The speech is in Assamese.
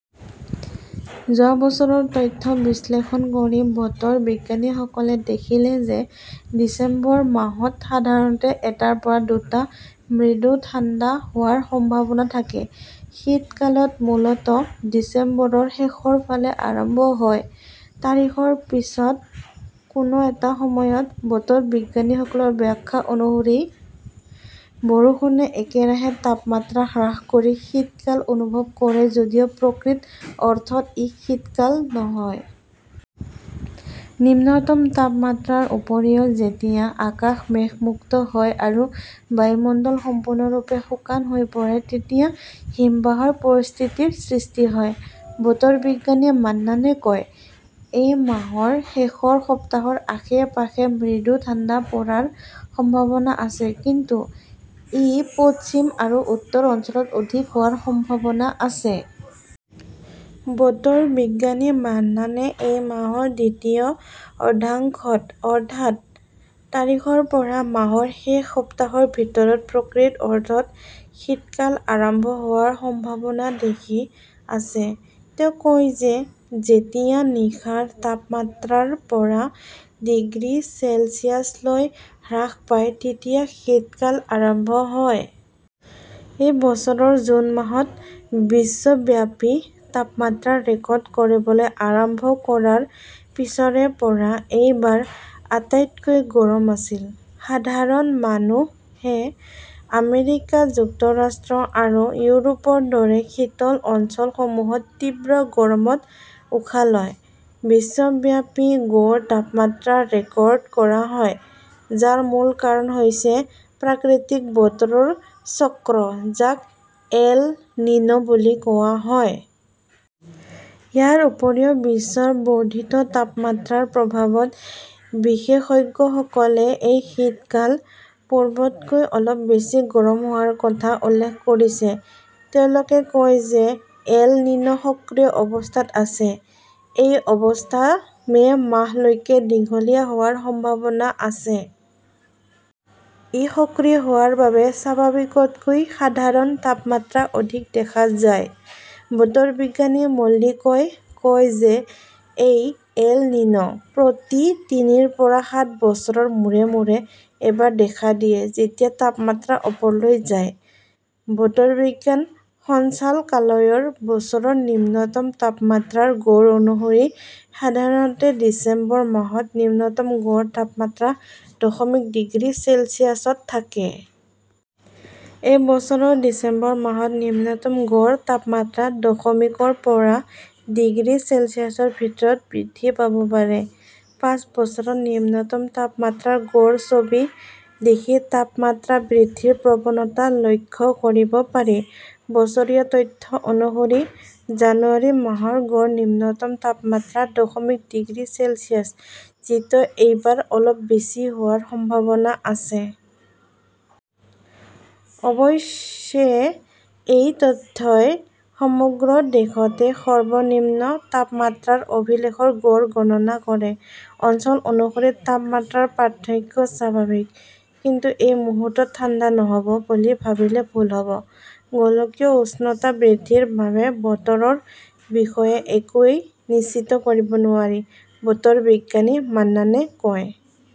যোৱা বছৰৰ তথ্য বিশ্লেষণ কৰি বতৰ বিজ্ঞানীসকলে দেখিলে যে ডিচেম্বৰ মাহত সাধাৰণতে এটাৰ পৰা দুটা মৃদু ঠাণ্ডা হোৱাৰ সম্ভাৱনা থাকে। শীতকাল মূলতঃ ডিচেম্বৰৰ শেষৰ ফালে আৰম্ভ হয়, তাৰিখৰ পিছত কোনো এটা সময়ত। বতৰ বিজ্ঞানীসকলৰ ব্যাখ্যা অনুসৰি, বৰষুণে একেৰাহে তাপমাত্ৰা হ্ৰাস কৰি শীতকাল অনুভৱ কৰে যদিও প্ৰকৃত অৰ্থত ই শীতকাল নহয়। নিম্নতম তাপমাত্ৰাৰ উপৰিও যেতিয়া আকাশ মেঘমুক্ত হয় আৰু বায়ুমণ্ডল সম্পূৰ্ণৰূপে শুকান হৈ পৰে তেতিয়া হিমবাহৰ পৰিস্থিতিৰ সৃষ্টি হয়। বতৰ বিজ্ঞানী মান্নানে কয়, "এই মাহৰ শেষৰ সপ্তাহৰ আশে-পাশে মৃদু ঠাণ্ডা পৰাৰ সম্ভাৱনা আছে, কিন্তু ই পশ্চিম আৰু উত্তৰ অঞ্চলত অধিক হোৱাৰ সম্ভাৱনা আছে। " "বতৰ বিজ্ঞানী মান্নানে এই মাহৰ দ্বিতীয় অৰ্ধাংশত, অৰ্থাৎ তাৰিখৰ পৰা মাহৰ শেষ সপ্তাহৰ ভিতৰত প্ৰকৃত অৰ্থত শীতকাল আৰম্ভ হোৱাৰ সম্ভাৱনা দেখি আছে। তেওঁ কয় যে যেতিয়া নিশাৰ তাপমাত্ৰা ৰ পৰা ডিগ্ৰী চেলছিয়াছলৈ হ্ৰাস পায়, তেতিয়া শীতকাল আৰম্ভ হয়। এই বছৰৰ জুন মাহত বিশ্বব্যাপী তাপমাত্ৰা ৰেকৰ্ড কৰিবলৈ আৰম্ভ কৰাৰ পিছৰে পৰা এই বাৰ আটাইতকৈ গৰম আছিল। সাধাৰণ মানুহে আমেৰিকা যুক্তৰাষ্ট্ৰ আৰু ইউৰোপৰ দৰে শীতল অঞ্চলসমূহত তীব্ৰ গৰমত উশাহ লয়। বিশ্বব্যাপী গড় তাপমাত্ৰা ৰেকৰ্ড কৰা হয়, যাৰ মূল কাৰণ হৈছে প্ৰাকৃতিক বতৰৰ চক্ৰ যাক 'এল নিনো "বুলি কোৱা হয়। ইয়াৰ উপৰিও বিশ্বৰ বৰ্ধিত তাপমাত্ৰাৰ প্ৰভাৱত বিশেষজ্ঞসকলে এই শীতকাল পূৰ্বতকৈ অলপ বেছি গৰম হোৱাৰ কথা উল্লেখ কৰিছে। তেওঁলোকে কয় যে এল নিনো সক্ৰিয় অৱস্থাত আছে। এই অৱস্থা মে "মাহলৈকে দীঘলীয়া হোৱাৰ সম্ভাৱনা আছে। ই সক্ৰিয় হোৱাৰ বাবে স্বাভাৱিকতকৈ সাধাৰণ তাপমাত্ৰা অধিক দেখা যায়। বতৰ বিজ্ঞানী মল্লিকই কয় যে এই 'এল নিনো "প্ৰতি তিনিৰ পৰা সাত বছৰৰ মূৰে মূৰে এবাৰ দেখা দিয়ে-যেতিয়া তাপমাত্ৰা ওপৰলৈ যায়। বতৰ বিজ্ঞান সঞ্চালকালয়ৰ বছৰৰ নিম্নতম তাপমাত্ৰাৰ গড় অনুসৰি, সাধাৰণতে ডিচেম্বৰ মাহত নিম্নতম গড় তাপমাত্ৰা দশমিক ডিগ্ৰী চেলছিয়াছত থাকে। এই বছৰৰ ডিচেম্বৰ মাহত নিম্নতম গড় তাপমাত্ৰা দশমিক ৰ পৰা ডিগ্ৰী চেলছিয়াছৰ ভিতৰত বৃদ্ধি পাব পাৰে। পাঁচ বছৰৰ নিম্নতম তাপমাত্ৰাৰ গড় ছবি দেখি তাপমাত্ৰা বৃদ্ধিৰ প্ৰৱণতা লক্ষ্য কৰিব পাৰি। বছৰীয়া তথ্য অনুসৰি, জানুৱাৰী মাহৰ গড় নিম্নতম তাপমাত্ৰা দশমিক ডিগ্ৰী চেলছিয়াছ, যিটো এইবাৰ অলপ বেছি হোৱাৰ সম্ভাৱনা আছে। অৱশ্যে, এই তথ্যই সমগ্ৰ দেশতে সৰ্বনিম্ন তাপমাত্ৰাৰ অভিলেখৰ গড় গণনা কৰে। অঞ্চল অনুসৰি তাপমাত্ৰাৰ পাৰ্থক্য স্বাভাৱিক। কিন্তু এই মুহূৰ্তত ঠাণ্ডা নহ "ব বুলি ভাবিলে ভুল হ" ব। গোলকীয় উষ্ণতা বৃদ্ধিৰ বাবে বতৰৰ বিষয়ে একোৱেই নিশ্চিত কৰিব নোৱাৰি। বতৰ বিজ্ঞানী মান্নানে কয়,